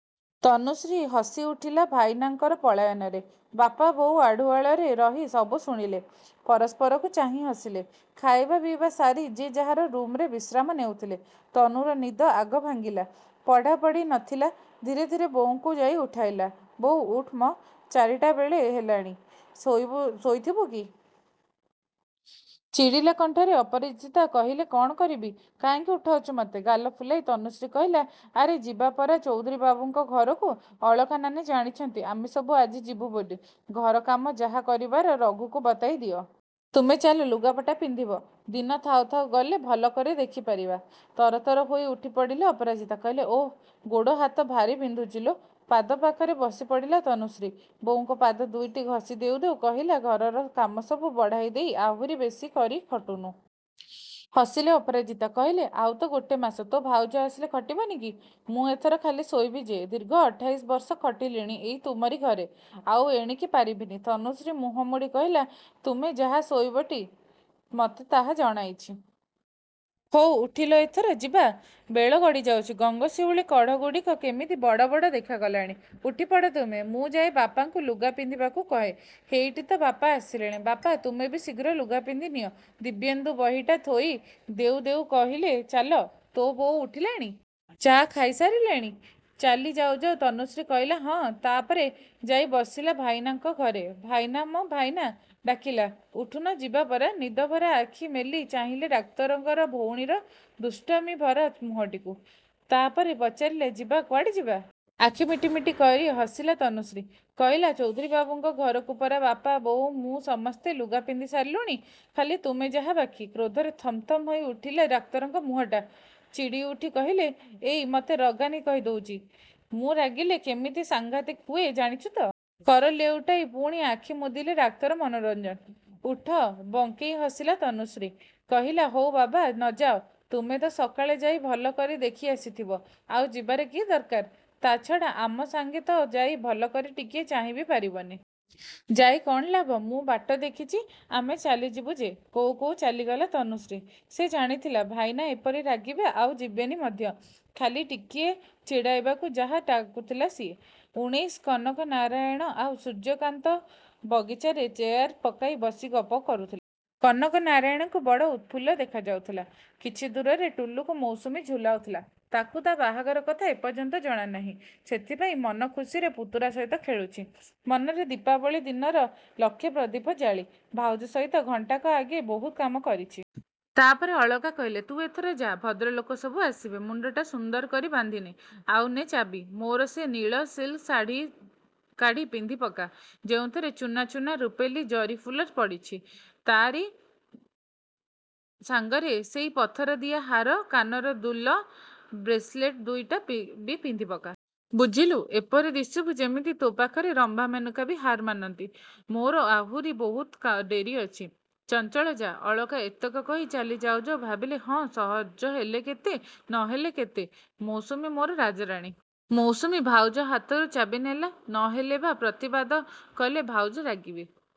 ତନୁଶ୍ରୀ ହସିଉଠିଲା ଭାଇନାଙ୍କ ପଳାୟନରେ। ବାପା-ବୋଉ ଆଢ଼ୁଆଳରେ ରହି ସବୁ ଶୁଣିଲେ। ପରସ୍ପରକୁ ଚାହିଁ ହସିଲେ। ଖାଇବା-ପିଇବା ସାରି ଯେ ଯାହାର ରୁମ୍‌ରେ ବିଶ୍ରାମ ନେଉଥିଲେ। ତନୁର ନିଦ ଆଗ ଭାଙ୍ଗିଲା। ପଢ଼ାପଢ଼ି ନଥିଲା। ଧୀରେ ଧୀରେ ବୋଉଙ୍କୁ ଯାଇ ଉଠାଇଲା। ବୋଉ, ଉଠ୍‌ ମ| ଚାରିଟାବେଳ ହେଲାଣି, ଶୋଇଥିବୁ କି? ଚିଡ଼ିଲା କଣ୍ଠରେ ଅପରାଜିତା କହିଲେ କ'ଣ କରିବି? କାହିଁକି ଉଠାଉଛୁ ମୋତେ? ଗାଲ ଫୁଲାଇ ତନୁଶ୍ରୀ କହିଲା "ଆରେ, ଯିବା ପରା ଚୌଧୁରୀବାବୁଙ୍କ ଘରକୁ। ଅଳକା ନାନୀ ଜାଣିଛନ୍ତି ଆମେ ସବୁ ଆଜି ଯିବୁ ବୋଲି। ଘର କାମ ଯାହା କରିବାର ରଘୁକୁ ବତାଇ ଦିଅ। ତୁମେ ଚାଲ, ଲୁଗାପଟା ପିନ୍ଧିବ। ଦିନ ଥାଉ ଥାଉ ଗଲେ ଭଲକରି ଦେଖିପାରିବା। ତରତର ହୋଇ ଉଠିପଡ଼ିଲେ ଅପରାଜିତା। କହିଲେ ଓଃ, ଗୋଡ଼-ହାତ ଭାରି ବିନ୍ଧୁଛି ଲୋ। ପାଦପାଖରେ ବସିପଡ଼ିଲା ତନୁଶ୍ରୀ। ବୋଉଙ୍କ ପାଦ ଦୁଇଟି ଘସି ଦେଉ ଦେଉ କହିଲା ଘରର କାମସବୁ ବଢ଼ାଇ ଦେଇ ଆହୁରି ବେଶି କରି ଖଟୁନ। ହସିଲେ ଅପରାଜିତା। କହିଲେ "ଆଉ ତ ଗୋଟେ ମାସ। ତୋ ଭାଉଜ ଆସିଲେ ଖଟିବନି କି? ମୁଁ ଏଥର ଖାଲି ଶୋଇବି ଯେ। ଦୀର୍ଘ ଅଠାଇଶ ବର୍ଷ ଖଟିଲିଣି ଏଇ ତୁମରି ଘରେ। ଆଉ ଏଣିକି ପାରିବିନି। ତନୁଶ୍ରୀ ମୁହଁ ମୋଡ଼ି କହିଲା ତୁମେ ଯାହା ଶୋଇବଟି, ମୋତେ ତାହା ଜଣାଇ ଛି। ହଉ ଉଠିଲ ଏଥର, ଯିବା। ବେଳ ଗଡ଼ିଯାଉଛି। ଗଙ୍ଗଶିଉଳି କଢ଼ଗୁଡ଼ିକ କେମିତି ବଡ଼ ବଡ଼ ଦେଖାଗଲାଣି। ଉଠିପଡ଼ ତୁମେ, ମୁଁ ଯାଏ ବାପାଙ୍କୁ ଲୁଗା ପିନ୍ଧିବାକୁ କହେ। ହେଇଟି ତ ବାପା ଆସିଲେଣି। ବାପା, ତୁମେ ବି ଶୀଘ୍ର ଲୁଗା ପିନ୍ଧିନିଅ। ଦିବ୍ୟେନ୍ଦୁ ବହିଟା ଥୋଇ ଦେଉ ଦେଉ କହିଲେ ଚାଲ, ତୋ ବୋଉ ଉଠିଲାଣି? ଚାହା ଖାଇ ସାରିଲେଣି? ଚାଲି ଯାଉ ଯାଉ ତନୁଶ୍ରୀ କହିଲା ହଁ। ତା'ପରେ ଯାଇ ବସିଲା ଭାଇନାଙ୍କ ଘରେ। ଭାଇନା ମ ଭାଇନା, ଡାକିଲା। ଉଠୁନ, ଯିବା ପରା। ନିଦଭରା ଆଖି ମେଲି ଚାହିଁଲେ ଡାକ୍ତରଙ୍କ ର ଭଉଣୀର ଦୁଷ୍ଟାମିଭରା ମୁହଁଟିକୁ। ତା'ପରେ ପଚାରିଲେ ଯିବା କୁଆଡ଼େ ଯିବା? ଆଖି ମିଟିମିଟି କରି ହସିଲା ତନୁଶ୍ରୀ। କହିଲା ଚୌଧୁରୀବାବୁଙ୍କ ଘରକୁ ପରା ବାପା, ବୋଉ, ମୁଁ ସମସ୍ତେ ଲୁଗା ପିନ୍ଧି ସାରିଲୁଣି। ଖାଲି ତୁମେ ଯାହା ବାକି। କ୍ରୋଧରେ ଥମ୍‌ଥମ୍‌ ହୋଇଉଠିଲା ଡାକ୍ତରଙ୍କ ମୁହଁଟା। ଚିଡ଼ିଉଠି କହିଲେ "ଏଇ, ମୋତେ ରଗାନା, କହିଦେଉଛି। ମୁଁ ରାଗିଲେ କେମିତି ସାଙ୍ଘାତିକ ହୁଏ, ଜାଣିଛୁ ତ? କର ଲେଉଟାଇ ପୁଣି ଆଖି ମୁଦିଲେ ଡାକ୍ତର ମନୋରଞ୍ଜନ। ଉଠ ବଙ୍କେଇ ହସିଲା ତନୁଶ୍ରୀ। କହିଲା ହଉ ବାବା, ନଯାଅ। ତୁମେ ତ ସକାଳେ ଯାଇ ଭଲକରି ଦେଖି ଆସିଥିବ। ଆଉ ଯିବାରେ କି ଦରକାର? ତା'ଛଡ଼ା ଆମ ସାଙ୍ଗେ ତ ଯାଇ ଭଲକରି ଟିକିଏ ଚାହିଁ ବି ପାରିବନି। ଯାଇ କ'ଣ ଲାଭ? ମୁଁ ବାଟ ଦେଖିଛି। ଆମେ ଚାଲିଯିବୁ ଯେ। କହୁ କହୁ ଚାଲିଗଲା ତନୁଶ୍ରୀ। ସେ ଜାଣିଥିଲା ଭାଇନା ଏହିପରି ରାଗିବେ, ଆଉ ଯିବେନି ମଧ୍ୟ। ଖାଲି ଟିକିଏ ଚିଡ଼େଇବାକୁ ଯାହା ଡାକୁଥିଲା ସିଏ। ଉଣେଇଶ କନକ ନାରାୟଣ ଆଉ ସୂର୍ଯ୍ୟକାନ୍ତ ବଗିଚାରେ ଚେୟାର ପକାଇ ବସି ଗପ କରୁଥିଲେ। କନକନାରାୟଣଙ୍କୁ ବଡ଼ ଉତଫୁଲ୍ଲ ଦେଖାଯାଉଥିଲା। କିଛି ଦୂରରେ ଟୁଲୁକୁ ମୌସୁମୀ ଝୁଲାଉଥିଲା। ତାକୁ ତା' ବାହାଘର କଥା ଏପର୍ଯ୍ୟନ୍ତ ଜଣାନାହିଁ। ସେଥିପାଇଁ ମନଖୁସିରେ ପୁତୁରା ସହିତ ଖେଳୁଛି, ମନରେ ଦୀପାବଳି ଦିନର ଲକ୍ଷେ ପ୍ରଦୀପ ଜାଳି। ଭାଉଜ ସହିତ ଘଣ୍ଟାକ ଆଗେ ବହୁ କାମ କରିଛି। ତା'ପରେ ଅଳକା କହିଲେ ତୁ ଏଥର ଯାଆ। ଭଦ୍ରଲୋକ ସବୁ ଆସିବେ। ମୁଣ୍ଡଟା ସୁନ୍ଦର କରି ବାନ୍ଧିନେ। ଆଉ ନେ ଚାବି। ମୋର ସେ ନୀଳ ସିଲ୍କି ଶାଢ଼ିଟା କାଢ଼ି ପିନ୍ଧିପକା, ଯେଉଁଥିରେ ଚୂନା ଚୂନା ରୂପେଲି ଜରିଫୁଲ ପଡ଼ିଛି। ତାରି ସାଙ୍ଗରେ ସେ ପଥରଦିଆ ହାର, କାନର ଦୁଲ୍‌, ବ୍ରେସଲେଟ୍‌ ଦୁଇଟା ବି ପିନ୍ଧିପକା। ବୁଝିଲୁ, ଏପରି ଦିଶିବୁ ଯେମିତି ତୋ ପାଖରେ ରମ୍ଭା, ମେନକା ବି ହାର୍‌ ମାନନ୍ତି। ମୋର ଆହୁରି ବହୁତ ଡେରି ଅଛି, ଚଞ୍ଛଳ ଯା। ଅଳକା ଏତକ କହି ଚାଲି ଯାଉ ଯାଉ ଭାବିଲେ ହଁ, ସଜହେଲେ କେତେ, ନହେଲେ କେତେ! ମୌସୁମୀ ମୋର ରାଜରାଣୀ। ମୌସୁମୀ ଭାଉଜ ହାତରୁ ଚାବି ନେଲା। ନ ନେଲେ ବା ପ୍ରତିପାଦ କଲେ ଭାଉଜ ରାଗିବେ।